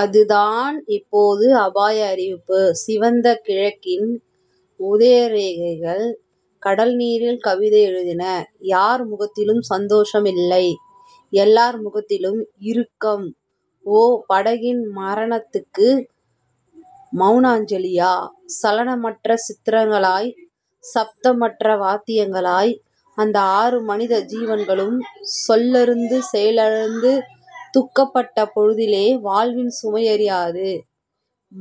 அதுதான் இப்போது அபாய அறிவிப்பு. சிவந்த கிழக்கின் உதயரேகைகள் கடல்நீரில் கவிதை எழுதின. யார் முகத்திலும் சந்தோஷமில்லை. எல்லார் முகத்திலும் இறுக்கம். ஓ. படகின் மரணத்துக்கு மெளனாஞ்சலியா? சலனமற்ற சித்திரங்களாய் சப்தமற்ற வாத்தியங்களாய் அந்த ஆறு மனித ஜீவன்களும் சொல்லறுந்து செயலிழந்து துக்கப்பட்ட பொழுதிலே வாழ்வின் சுமையறியாது,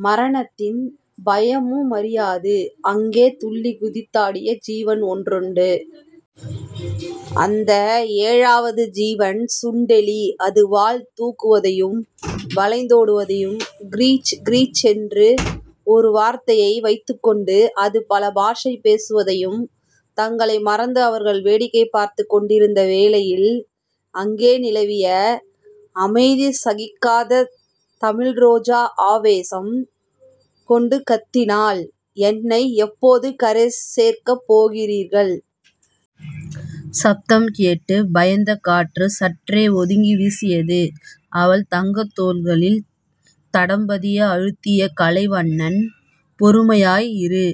மரணத்தின் பயமுமறியாது அங்கே துள்ளிக் குதித்தாடிய ஜீவன் ஒன்றுண்டு. அந்த ஏழாவது ஜீவன் சுண்டெலி. அது வால் தூக்குவதையும் வளைந்தோடு வதையும் கிரீச் கிரீச்சென்னும் ஒரு வார்த்தையை வைத்துக்கொண்டு அது பல பாஷை பேசுவதையும் தங்களை மறந்து அவர்கள் வேடிக்கை பார்த்துக்கொண்டிருந்த வேளையில் அங்கே நிலவிய அமைதி சகிக்காத தமிழ்ரோஜா ஆவேசம் கொண்டு கத்தினாள். என்னை எப்போது கரை சேர்க்கப்போகிறீர்கள்? சப்தம் கேட்டுப் பயந்த காற்று சற்றே ஒதுங்கி வீசியது. அவள் தங்கத் தோள்களில் தடம்பதிய அழுத்திய கலைவண்ணன் பொறுமையாய் இரு.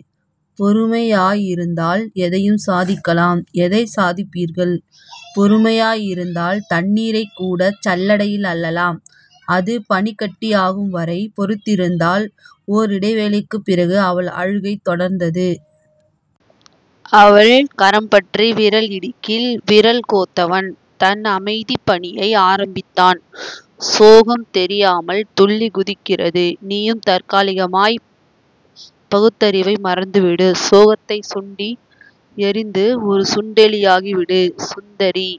பொறுமையாயிருந்தால் எதையும் சாதிக்கலாம். எதைச் சாதிப்பீர்கள்? பொறுமையாயிருந்தால் தண்ணீரைக் கூடச் சல்லடையில் அள்ளலாம் அது பனிக் கட்டியாகும்வரை பொறுத்திருந்தால் ஓர் இடைவேளைக்குப் பிறகு அவள் அழுகை தொடர்ந்தது. அவள் கரம்பற்றி விரல் இடுக்கில் விரல் கோத்தவன் தன் அமைதிப்பணியை ஆரம்பித்தான். சோகம் தெரியாமல் துள்ளிக்குதிக்கிறது. நீயும் தற்காலிகமாய்ப் பகுத்தறிவை மறந்துவிடு. சோகத்தைச் சுண்டி எறிந்து ஒரு சுண்டெலியாகி விடு சுந்தரி..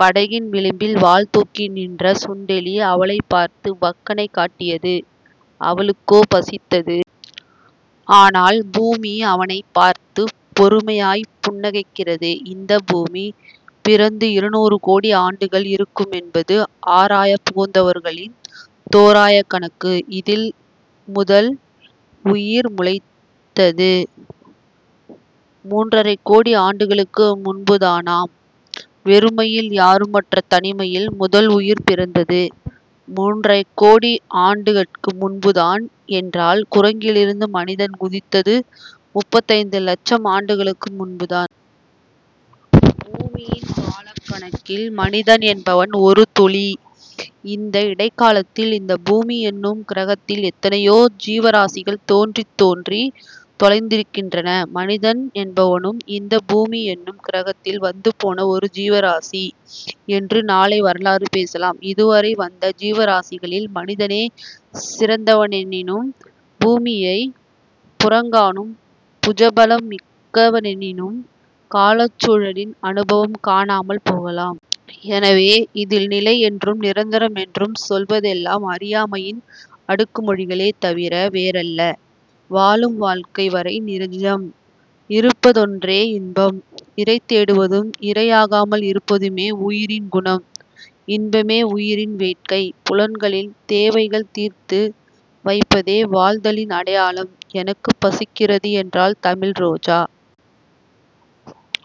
படகின் விளிம்பில் வால்தூக்கி நின்ற சுண்டெலி அவளைப் பார்த்து வக்கணை காட்டியது. அவளுக்கோ பசித்தது. ஆனால், பூமி அவனைப் பார்த்துப் பொறுமையாய்ப் புன்னகைக்கிறது. இந்தப் பூமி பிறந்து இருநூறு கோடி ஆண்டுகள் இருக்குமென்பது ஆராயப் புகுந்தவர்களின் தோராயக் கணக்கு. இதில் முதல் உயிர் முளைத்தது முன்றரைக் கோடி ஆண்டுகளுக்கு முன்புதானாம். வெறுமையில்... யாருமற்ற தனிமையில். முதல் உயிர் பிறந்தது முன்றரைக் கோடி ஆண்டுகட்கு முன்புதான் என்றால் குரங்கிலிருந்து மனிதன் குதித்தது முப்பத்தைந்து லட்சம் ஆண்டுகளுக்கு முன்புதான். பூமியின் காலக்கணக்கில் மனிதன் என்பவன் ஒரு துளி. இந்த இடைக்காலத்தில் இந்தப் பூமி என்னும் கிரகத்தில் எத்தனையோ ஜீவராசிகள் தோன்றித் தோன்றித் தொலைந்திருக்கின்றன. மனிதன் என்பவனும் இந்தப் பூமி என்னும் கிரகத்தில் வந்துபோன ஒரு ஜீவராசி என்று நாளை வரலாறு பேசலாம். இதுவரை வந்த ஜீவராசிகளில் மனிதனே சிறந்தவனெனினும் பூமியைப் புறங்காணும் புஜபலம் மிக்கவனெனினும் காலச்சூழலில் அவனும் காணாமல் போகலாம். எனவே இதில் நிலை என்றும் நிரந்தரமென்றும் சொல்வதெல்லாம் அறியாமையின் அடுக்குமொழிகளே தவிர வேறல்ல. வாழும் வாழ்க்கை வரை நிஜம். இருப்பதொன்றே இன்பம். இரை தேடுவதும் இரையாகாமல் இருப்பதுமே உயிரின் குணம். இன்பமே உயிரின் வேட்கை. புலன்களின் தேவைகள் தீர்த்து வைப்பதே வாழ்தலின் அடையாளம். எனக்குப் பசிக்கிறது என்றாள் தமிழ் ரோஜா.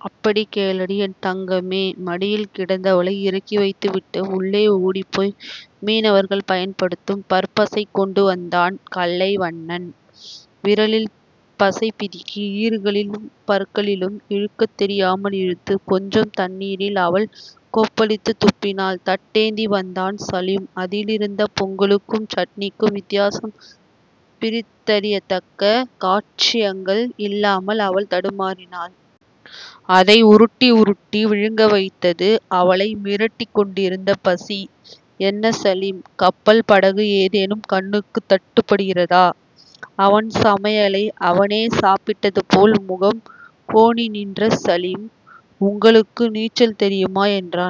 அப்படிக் கேளடி என் தங்கமே. மடியில் கிடந்தவளை இறக்கிவைத்துவிட்டு, உள்ளே ஓடிப்போய் மீனவர்கள் பயன்படுத்தும் பற்பசை கொண்டுவந்தான் கலைவண்ணன். விரலில் பசைபிதுக்கி ஈறுகளிலும் பற்களிலும் இழுக்கத் தெரியாமல் இழுத்து, கொஞ்சத் தண்ணீரில் அவள் கொப்பளித்துத் துப்பினாள். தட்டேந்தி வந்தான் சலீம். அதிலிருந்த பொங்கலுக்கும் சட்னிக்கும் வித்தியாசம் பிரித்தறியத்தக்க சாட்சியங்கள் இல்லாமல் அவள் தடுமாறினாள். அதை உருட்டி உருட்டி விழுங்கவைத்தது அவளை மிரட்டிக்கொண்டிருந்த பசி. என்ன சலீம். கப்பல், படகு ஏதேனும் கண்ணுக்குத் தட்டுப்படுகிறதா? அவன் சமையலை அவனே சாப்பிட்டதுபோல் முகம் கோணிநின்ற சலீம் உங்களுக்கு நீச்சல் தெரியுமா? என்றான்.